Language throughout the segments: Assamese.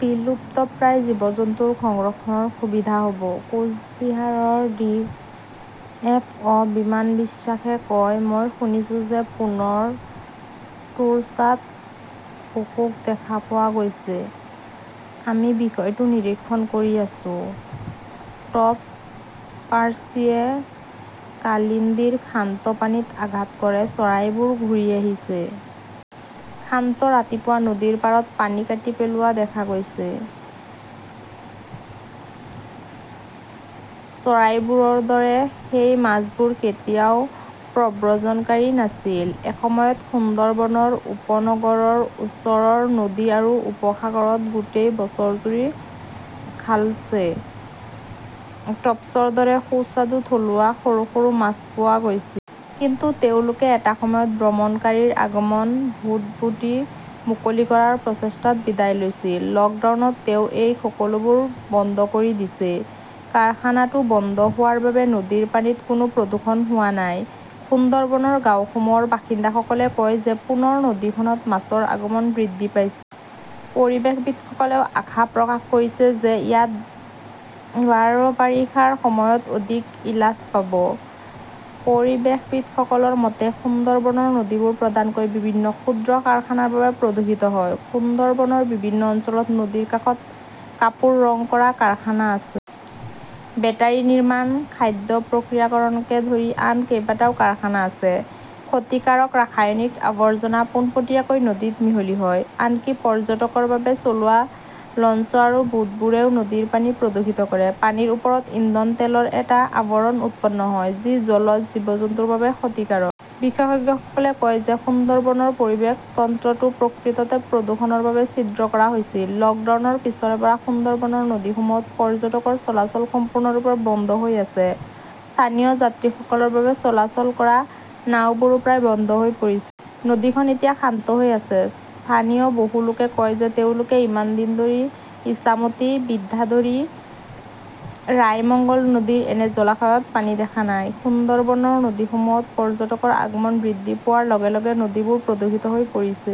বিলুপ্তপ্ৰায় জীৱ-জন্তুৰ সংৰক্ষণৰ সুবিধা হব। কোচ বিহাৰৰ ডি. এফ. অ '. বিমান বিশ্বাসে কয়, মই শুনিছোঁ যে পুনৰ টোৰ্চাত শুশুক দেখা পোৱা গৈছে। আমি বিষয়টো নিৰীক্ষণ কৰি আছো। টপস-পাৰ্চিয়ে কালিন্দিৰ শান্ত পানীত আঘাত কৰে চৰাইবোৰ ঘূৰি আহিছে। শান্ত ৰাতিপুৱা নদীৰ পাৰত পানী কাটি পেলোৱা দেখা গৈছে। চৰাইবোৰৰ দৰে সেই মাছবোৰ কেতিয়াও প্ৰব্ৰজনকাৰী নাছিল। এসময়ত সুন্দৰবনৰ উপনগৰৰ ওচৰৰ নদী আৰু উপসাগৰত গোটেই বছৰজুৰি খালছে, টপ্সৰ দৰে সুস্বাদু থলুৱা সৰু-সৰু মাছ পোৱা গৈছিল। কিন্তু তেওঁলোকে এটা সময়ত ভ্ৰমণকাৰীৰ আগমন, ভূতভুটি-মুকলি কৰাৰ প্ৰচেষ্টাত বিদায় লৈছিল। লকডাউনত তেওঁ এই সকলোবোৰ বন্ধ কৰি দিছে। কাৰখানাটো বন্ধ হোৱাৰ বাবে নদীৰ পানীত কোনো প্ৰদূষণ হোৱা নাই। সুন্দৰবনৰ গাঁওসমূহৰ বাসিন্দাসকলে কয় যে পুনৰ নদীখনত মাছৰ আগমন বৃদ্ধি পাইছে। পৰিৱেশবিদসকলেও আশা প্ৰকাশ কৰিছে যে ইয়াত বাৰ বাৰিষাৰ সময়ত অধিক ইলাছ পাব। পৰিৱেশবিদসকলৰ মতে, সুন্দৰবনৰ নদীবোৰ প্ৰধানকৈ বিভিন্ন ক্ষুদ্ৰ কাৰখানাৰ বাবে প্ৰদূষিত হয়। সুন্দৰবনৰ বিভিন্ন অঞ্চলত নদীৰ কাষত কাপোৰ ৰং কৰা কাৰখানা আছে। বেটাৰি নিৰ্মাণ, খাদ্য প্ৰক্ৰিয়াকৰণকে ধৰি আন কেইবাটাও কাৰখানা আছে। ক্ষতিকাৰক ৰাসায়নিক আৱৰ্জনা পোনপটীয়াকৈ নদীত মিহলি হয়। আনকি পৰ্যটকৰ বাবে চলোৱা লঞ্চ আৰু ভূতবোৰেও নদীৰ পানী প্ৰদূষিত কৰে। পানীৰ ওপৰত ইন্ধন তেলৰ এটা আৱৰণ উৎপন্ন হয়, যি জলজ জীৱ-জন্তুৰ বাবে ক্ষতিকাৰক। বিশেষজ্ঞসকলে কয় যে সুন্দৰবনৰ পৰিৱেশ তন্ত্ৰটো প্ৰকৃততে প্ৰদূষণৰ বাবে ছিদ্ৰ কৰা হৈছিল। লকডাউনৰ পিছৰে পৰা সুন্দৰবনৰ নদীসমূহত পৰ্যটকৰ চলাচল সম্পূৰ্ণৰূপে বন্ধ হৈ আছে। স্থানীয় যাত্ৰীসকলৰ বাবে চলাচল কৰা নাওবোৰো প্ৰায় বন্ধ হৈ পৰিছিল। নদীখন এতিয়া শান্ত হৈ আছে। স্থানীয় বহু লোকে কয় যে তেওঁলোকে ইমান দিন ধৰি ইছামতী, বিদ্যাধৰী, ৰায়মঙ্গল নদীৰ এনে জলাশয়ত পানী দেখা নাই। সুন্দৰবনৰ নদীসমূহত পৰ্যটকৰ আগমন বৃদ্ধি পোৱাৰ লগে-লগে নদীবোৰ প্ৰদূষিত হৈ পৰিছে।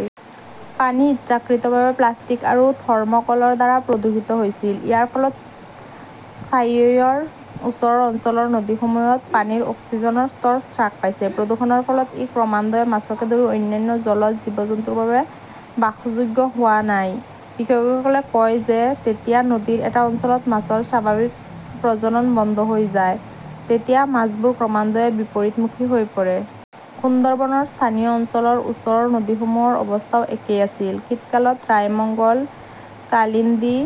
পানী ইচ্ছাকৃতভাৱে প্লাষ্টিক আৰু থৰ্মকলৰ দ্বাৰা প্ৰদূষিত হৈছিল। ইয়াৰ ফলত স্থানীয়য়ৰ ওচৰৰ অঞ্চলৰ নদীসমূহত পানীৰ অক্সিজেনৰ স্তৰ হ্ৰাস পাইছে। প্ৰদূষণৰ ফলত ই ক্ৰমান্বয়ে মাছকে ধৰি অন্যান্য জলজ জীৱ-জন্তুৰ বাবে বাসযোগ্য হোৱা নাই। বিশেষজ্ঞসকলে কয় যে যেতিয়া নদীৰ এটা অঞ্চলত মাছৰ স্বাভাৱিক প্ৰজনন বন্ধ হৈ যায়, তেতিয়া মাছবোৰ ক্ৰমান্বয়ে বিপৰীতমুখী হৈ পৰে। সুন্দৰবনৰ স্থানীয় অঞ্চলৰ ওচৰৰ নদীসমূহৰ অৱস্থাও একেই আছিল। শীতকালত ৰায়মঙ্গল, কালিন্দি,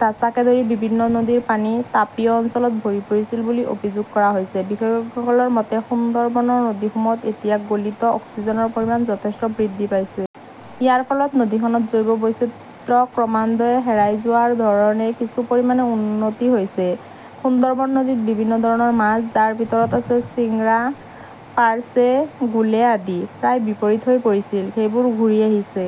দাছাকে ধৰি বিভিন্ন নদীৰ পানী তাপীয় অঞ্চলত ভৰি পৰিছিল বুলি অভিযোগ কৰা হৈছে। বিশেষজ্ঞসকলৰ মতে, সুন্দৰবনৰ নদীসমূহত এতিয়া গলিত অক্সিজেনৰ পৰিমাণ যথেষ্ট বৃদ্ধি পাইছে। ইয়াৰ ফলত নদীখনত জৈৱ বৈচিত্ৰ্য ক্ৰমান্বয়ে হেৰাই যোৱাৰ ধৰণে কিছু পৰিমাণে উন্নতি হৈছে। সুন্দৰবন নদীত বিভিন্ন ধৰণৰ মাছ, যাৰ ভিতৰত আছে চিংৰা, পাৰ্চে, গুলে আদি, প্ৰায় বিপৰীত হৈ পৰিছিল। সেইবোৰ ঘূৰি আহিছে।